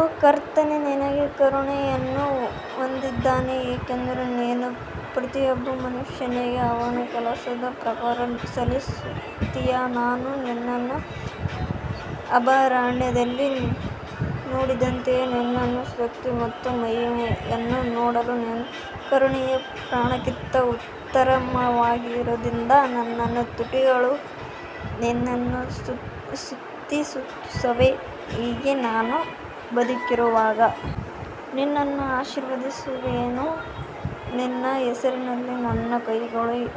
ಓ ಕರ್ತನೇ ನಿನಗೆ ಕರುಣೆಯನ್ನು ಹೊಂದಿದ್ದಾನೆ, ಏಕೆಂದರೆ ನೀನು ಪ್ರತಿಯೊಬ್ಬ ಮನುಷ್ಯನಿಗೆ ಅವನ ಕೆಲಸದ ಪ್ರಕಾರ ಸಲ್ಲಿಸುತ್ತೀಯಾ ನಾನು ನಿನ್ನನ್ನು ಅಭಯಾರಣ್ಯದಲ್ಲಿ ನೋಡಿದಂತೆಯೇ ನಿನ್ನ ಶಕ್ತಿ ಮತ್ತು ಮಹಿಮೆಯನ್ನು ನೋಡಲು ನಿನ್ನ ಕರುಣೆಯು ಪ್ರಾಣಕ್ಕಿಂತ ಉತ್ತಮವಾದುದರಿಂದ ನನ್ನ ತುಟಿಗಳು ನಿನ್ನನ್ನು ಸ್ತುತಿಸುತ್ತವೆ ಹೀಗೆ ನಾನು ಬದುಕಿರುವಾಗ ನಿನ್ನನ್ನು ಆಶೀರ್ವದಿಸುವೆನು ನಿನ್ನ ಹೆಸರಿನಲ್ಲಿ ನನ್ನ ಕೈಗಳನ್ನು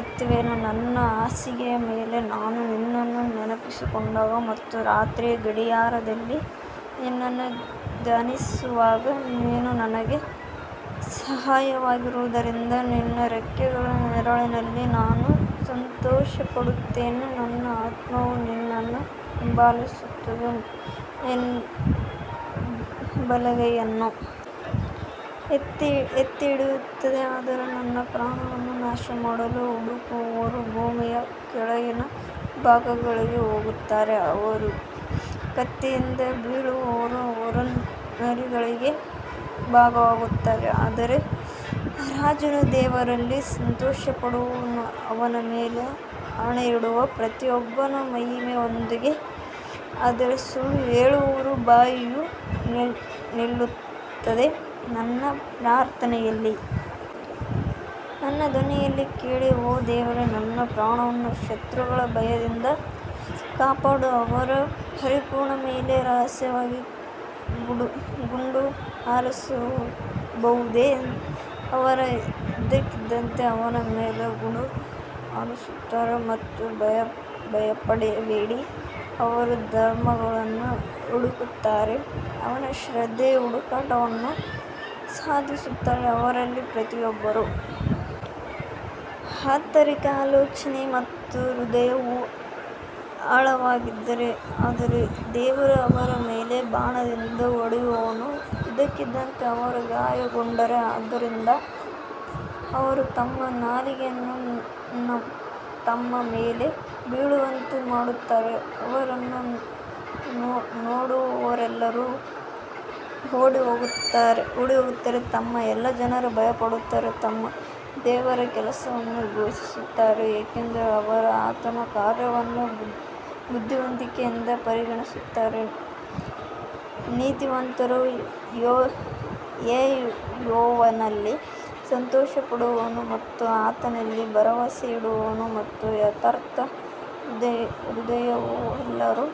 ಎತ್ತುವೆನು ನನ್ನ ಹಾಸಿಗೆಯ ಮೇಲೆ ನಾನು ನಿನ್ನನ್ನು ನೆನಪಿಸಿಕೊಂಡಾಗ ಮತ್ತು ರಾತ್ರಿಯ ಗಡಿಯಾರದಲ್ಲಿ ನಿನ್ನನ್ನು ಧ್ಯಾನಿಸುವಾಗ ನೀನು ನನಗೆ ಸಹಾಯವಾಗಿರುವುದರಿಂದ ನಿನ್ನ ರೆಕ್ಕೆಗಳ ನೆರಳಿನಲ್ಲಿ ನಾನು ಸಂತೋಷಪಡುತ್ತೇನೆ ನನ್ನ ಆತ್ಮವು ನಿನ್ನನ್ನು ಹಿಂಬಾಲಿಸುತ್ತದೆ ನಿನ್ನ ಬಲಗೈ ನನ್ನನ್ನು ಎತ್ತಿಹಿಡಿಯುತ್ತದೆ ಆದರೆ ನನ್ನ ಪ್ರಾಣವನ್ನು ನಾಶಮಾಡಲು ಹುಡುಕುವವರು ಭೂಮಿಯ ಕೆಳಗಿನ ಭಾಗಗಳಿಗೆ ಹೋಗುತ್ತಾರೆ ಅವರು ಕತ್ತಿಯಿಂದ ಬೀಳುವರು, ಅವರು ನರಿಗಳಿಗೆ ಭಾಗವಾಗುತ್ತಾರೆ ಆದರೆ ರಾಜನು ದೇವರಲ್ಲಿ ಸಂತೋಷಪಡುವನು, ಅವನ ಮೇಲೆ ಆಣೆಯಿಡುವ ಪ್ರತಿಯೊಬ್ಬನು ಮಹಿಮೆ ಹೊಂದುವನು ಆದರೆ ಸುಳ್ಳು ಹೇಳುವವರ ಬಾಯಿಯು ನಿಲ್ಲುತ್ತದೆ ನನ್ನ ಪ್ರಾರ್ಥನೆಯಲ್ಲಿ ನನ್ನ ಧ್ವನಿಯನ್ನು ಕೇಳಿ ಓ ದೇವರೇ ನನ್ನ ಪ್ರಾಣವನ್ನು ಶತ್ರುಗಳ ಭಯದಿಂದ ಕಾಪಾಡು ಅವರು ಪರಿಪೂರ್ಣರ ಮೇಲೆ ರಹಸ್ಯವಾಗಿ ಗುಂಡು ಹಾರಿಸಬಹುದೆಂದು ಅವರು ಇದ್ದಕ್ಕಿದ್ದಂತೆ ಅವನ ಮೇಲೆ ಗುಂಡು ಹಾರಿಸುತ್ತಾರೆ ಮತ್ತು ಭಯಪಡಬೇಡಿ ಅವರು ಅಧರ್ಮಗಳನ್ನು ಹುಡುಕುತ್ತಾರೆ ಅವರು ಶ್ರದ್ಧೆಯ ಹುಡುಕಾಟವನ್ನು ಸಾಧಿಸುತ್ತಾರೆ ಅವರಲ್ಲಿ ಪ್ರತಿಯೊಬ್ಬರ ಆಂತರಿಕ ಆಲೋಚನೆ ಮತ್ತು ಹೃದಯವು ಆಳವಾಗಿದೆ ಆದರೆ ದೇವರು ಅವರ ಮೇಲೆ ಬಾಣದಿಂದ ಹೊಡೆಯುವನು, ಇದ್ದಕ್ಕಿದ್ದಂತೆ ಅವರು ಗಾಯಗೊಂಡರು ಆದ್ದರಿಂದ ಅವರು ತಮ್ಮ ನಾಲಿಗೆಯನ್ನು ತಮ್ಮ ಮೇಲೆ ಬೀಳುವಂತೆ ಮಾಡುತ್ತಾರೆ, ಅವರನ್ನು ನೋಡುವವರೆಲ್ಲರೂ ಓಡಿಹೋಗುತ್ತಾರೆ ಮತ್ತು ಎಲ್ಲಾ ಜನರು ಭಯಪಡುತ್ತಾರೆ ಮತ್ತು ದೇವರ ಕೆಲಸವನ್ನು ಘೋಷಿಸುತ್ತಾರೆ ಏಕೆಂದರೆ ಅವರು ಆತನ ಕಾರ್ಯವನ್ನು ಬುದ್ಧಿವಂತಿಕೆಯಿಂದ ಪರಿಗಣಿಸುತ್ತಾರೆ ನೀತಿವಂತನು ಯೆಹೋವನಲ್ಲಿ ಸಂತೋಷಪಡುವನು ಮತ್ತು ಆತನಲ್ಲಿ ಭರವಸೆಯಿಡುವನು ಮತ್ತು ಯಥಾರ್ಥ ಹೃದಯದವರೆಲ್ಲರೂ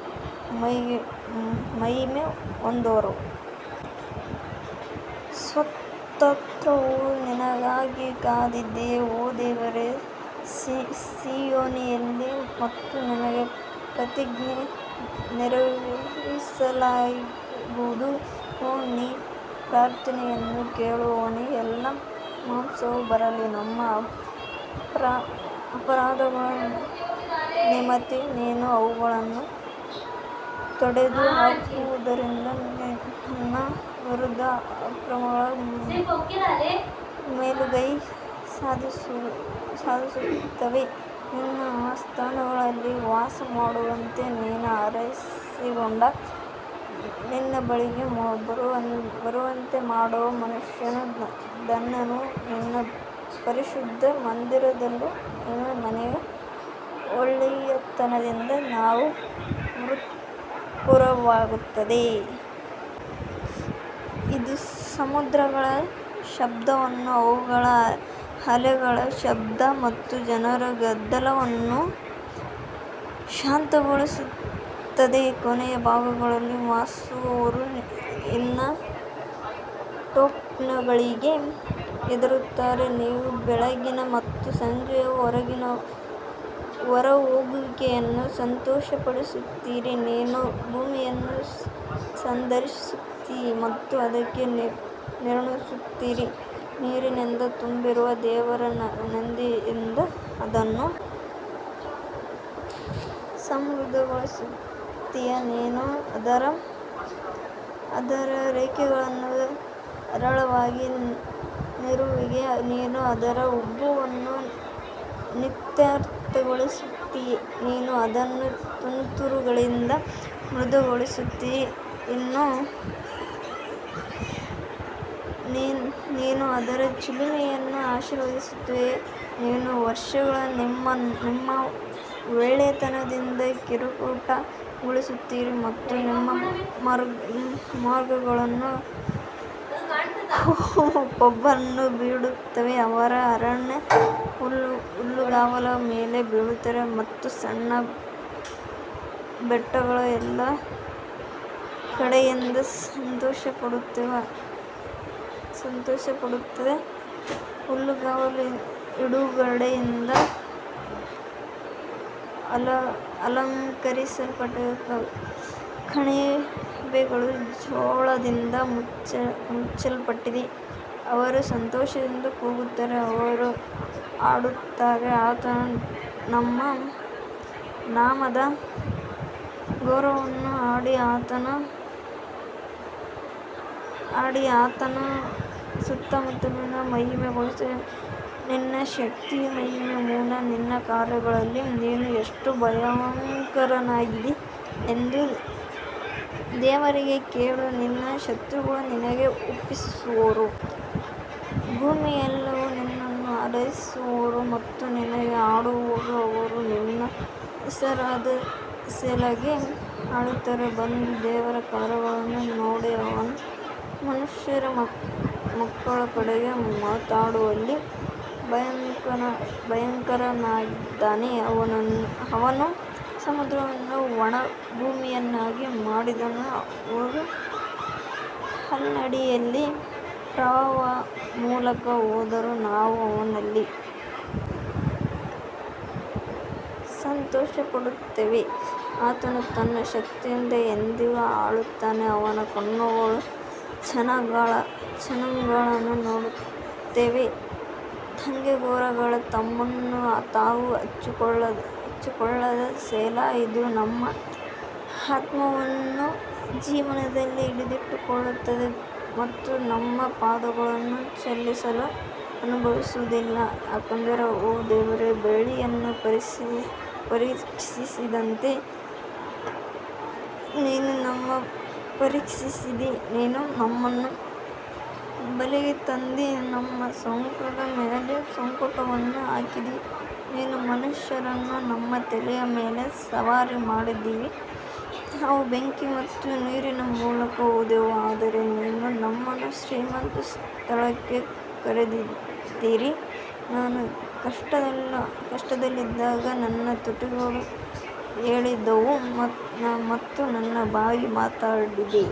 ಮಹಿಮೆ ಹೊಂದುವರು. ಸ್ತೋತ್ರವು ನಿನಗಾಗಿ ಕಾದಿದೆ ಓ ದೇವರೇ ಸಿಯೋನಿನಲ್ಲಿ ಮತ್ತು ನಿನಗೆ ಪ್ರತಿಜ್ಞೆ ನೆರವೇರಿಸಲಾಗುವುದು ಓ ನಿನ್ನ ಪ್ರಾರ್ಥನೆಯನ್ನು ಕೇಳುವವನೇ, ಎಲ್ಲಾ ಮಾಂಸವು ಬರಲಿ ನಮ್ಮ ಅಪರಾಧಗಳ ನಿಮಿತ್ತ ನೀನು ಅವುಗಳನ್ನು ತೊಡೆದುಹಾಕುವಿಯಾದ್ದರಿಂದ ನನ್ನ ವಿರುದ್ಧ ಅಕ್ರಮಗಳು ಮೇಲುಗೈ ಸಾಧಿಸುತ್ತವೆ ನಿನ್ನ ಆಸ್ಥಾನಗಳಲ್ಲಿ ವಾಸಮಾಡುವಂತೆ ನೀನು ಆರಿಸಿಕೊಂಡು ನಿನ್ನ ಬಳಿಗೆ ಬರುವಂತೆ ಮಾಡುವ ಮನುಷ್ಯನು ಧನ್ಯನು, ನಿನ್ನ ಪರಿಶುದ್ಧ ಮಂದಿರದಿಂದಲೂ ನಿನ್ನ ಮನೆಯ ಒಳ್ಳೆಯತನದಿಂದ ನಾವು ತೃಪ್ತರಾಗುತ್ತೇವೆ. ಇದು ಸಮುದ್ರಗಳ ಶಬ್ದವನ್ನು ಅವುಗಳ ಅಲೆಗಳ ಶಬ್ದ ಮತ್ತು ಜನರ ಗದ್ದಲವನ್ನು ಶಾಂತಗೊಳಿಸುತ್ತದೆ ಕೊನೆಯ ಭಾಗಗಳಲ್ಲಿ ವಾಸಿಸುವವರೂ ನಿನ್ನ ಟೋಕನ್ಗಳಿಗೆ ಹೆದರುತ್ತಾರೆ, ನೀವು ಬೆಳಿಗ್ಗೆ ಮತ್ತು ಸಂಜೆಯ ಹೊರಹೋಗುವಿಕೆಯನ್ನು ಸಂತೋಷಪಡಿಸುತ್ತೀರಿ ನೀನು ಭೂಮಿಯನ್ನು ಸಂದರ್ಶಿಸುತ್ತೀ ಮತ್ತು ಅದಕ್ಕೆ ನೀರುಣಿಸುತ್ತೀ, ನೀರಿನಿಂದ ತುಂಬಿರುವ ದೇವರ ನದಿಯಿಂದ ಅದನ್ನು ಸಮೃದ್ಧಗೊಳಿಸುತ್ತೀ ನೀನು ಅದರ ರೇಖೆಗಳನ್ನು ಹೇರಳವಾಗಿ ನೀರಿರುವೆ, ನೀನು ಅದರ ಉಬ್ಬುಗಳನ್ನು ಇತ್ಯರ್ಥಗೊಳಿಸುತ್ತೀ, ನೀನು ಅದನ್ನು ತುಂತುರುಗಳಿಂದ ಮೃದುಗೊಳಿಸುತ್ತೀ, ನೀನು ಅದರ ಚಿಲುಮೆಯನ್ನು ಆಶೀರ್ವದಿಸುತ್ತೀ ನೀವು ವರ್ಷವನ್ನು ನಿಮ್ಮ ಒಳ್ಳೆಯತನದಿಂದ ಕಿರೀಟಗೊಳಿಸುತ್ತೀರಿ ಮತ್ತು ನಿಮ್ಮ ಮಾರ್ಗಗಳು ಕೊಬ್ಬನ್ನು ಬಿಡುತ್ತವೆ ಅವರು ಅರಣ್ಯದ ಹುಲ್ಲುಗಾವಲುಗಳ ಮೇಲೆ ಬೀಳುತ್ತಾರೆ ಮತ್ತು ಸಣ್ಣ ಬೆಟ್ಟಗಳು ಎಲ್ಲಾ ಕಡೆಯಿಂದ ಸಂತೋಷಪಡುತ್ತವೆ ಹುಲ್ಲುಗಾವಲುಗಳು ಹಿಂಡುಗಳಿಂದ ಅಲಂಕರಿಸಲ್ಪಟ್ಟಿವೆ, ಕಣಿವೆಗಳು ಜೋಳದಿಂದ ಮುಚ್ಚಲ್ಪಟ್ಟಿವೆ, ಅವರು ಸಂತೋಷದಿಂದ ಕೂಗುತ್ತಾರೆ, ಅವರು ಹಾಡುತ್ತಾರೆ ಆತನ ನಾಮದ ಗೌರವವನ್ನು ಹಾಡಿ ಆತನ ಸ್ತುತಿಯನ್ನು ಮಹಿಮೆಗೊಳಿಸು ನಿನ್ನ ಶಕ್ತಿಯ ಮಹಿಮೆಯ ಮೂಲಕ ನಿನ್ನ ಕಾರ್ಯಗಳಲ್ಲಿ ನೀನು ಎಷ್ಟು ಭಯಂಕರನಾಗಿದ್ದೀ ಎಂದು ದೇವರಿಗೆ ಹೇಳು ನಿನ್ನ ಶತ್ರುಗಳು ನಿನಗೆ ಒಪ್ಪಿಸುವರು. ಭೂಮಿಯೆಲ್ಲರೂ ನಿನ್ನನ್ನು ಆರಾಧಿಸುವರು ಮತ್ತು ನಿನಗೆ ಹಾಡುವರು ಅವರು ನಿನ್ನ ಹೆಸರಾದ ಸೆಲಾಗೆ ಹಾಡುತ್ತಾರೆ ಬಂದು ದೇವರ ಕಾರ್ಯಗಳನ್ನು ನೋಡಿ ಅವನು ಮನುಷ್ಯರ ಮಕ್ಕಳ ಕಡೆಗೆ ಮಾಡುವಲ್ಲಿ ಭಯಂಕರನಾಗಿದ್ದಾನೆ ಅವನು ಸಮುದ್ರವನ್ನು ಒಣ ಭೂಮಿಯನ್ನಾಗಿ ಮಾಡಿದನು, ಅವರು ಕಾಲ್ನಡಿಗೆಯಲ್ಲಿ ಪ್ರವಾಹದ ಮೂಲಕ ಹೋದರು, ನಾವು ಅವನಲ್ಲಿ ಸಂತೋಷಪಡುತ್ತೇವೆ ಆತನು ತನ್ನ ಶಕ್ತಿಯಿಂದ ಎಂದೆಂದಿಗೂ ಆಳುತ್ತಾನೆ ಅವನ ಕಣ್ಣುಗಳು ಜನಾಂಗಗಳನ್ನು ನೋಡುತ್ತವೆ ದಂಗೆಕೋರರು ತಮ್ಮನ್ನು ತಾವು ಹೆಚ್ಚಿಸಿಕೊಳ್ಳದ ಸೆಲಾ ಇದು ನಮ್ಮ ಆತ್ಮವನ್ನು ಜೀವನದಲ್ಲಿ ಹಿಡಿದಿಟ್ಟುಕೊಳ್ಳುತ್ತದೆ ಮತ್ತು ನಮ್ಮ ಪಾದಗಳನ್ನು ಚಲಿಸಲು ಅನುಭವಿಸುವುದಿಲ್ಲ ಯಾಕಂದರೆ ಓ ದೇವರೇ, ಬೆಳ್ಳಿಯನ್ನು ಪರೀಕ್ಷಿಸಿದಂತೆ ನೀನು ನಮ್ಮನ್ನು ಪರೀಕ್ಷಿಸಿದ್ದೀ ನೀನು ನಮ್ಮನ್ನು ಬಲೆಗೆ ತಂದಿ ನಮ್ಮ ಸೊಂಟದ ಮೇಲೆ ಸಂಕಟವನ್ನು ಹಾಕಿದ್ದೀ ನೀವು ಮನುಷ್ಯರನ್ನು ನಮ್ಮ ತಲೆಯ ಮೇಲೆ ಸವಾರಿ ಮಾಡಿದ್ದೀರಿ ನಾವು ಬೆಂಕಿ ಮತ್ತು ನೀರಿನ ಮೂಲಕ ಹೋದೆವು ಆದರೆ ನೀವು ನಮ್ಮನ್ನು ಶ್ರೀಮಂತ ಸ್ಥಳಕ್ಕೆ ಕರೆತಂದಿದ್ದೀರಿ ನಾನು ಕಷ್ಟದಲ್ಲಿದ್ದಾಗ ನನ್ನ ತುಟಿಗಳು ಹೇಳಿದವು ಮತ್ತು ನನ್ನ ಬಾಯಿ ಮಾತನಾಡಿದೆ.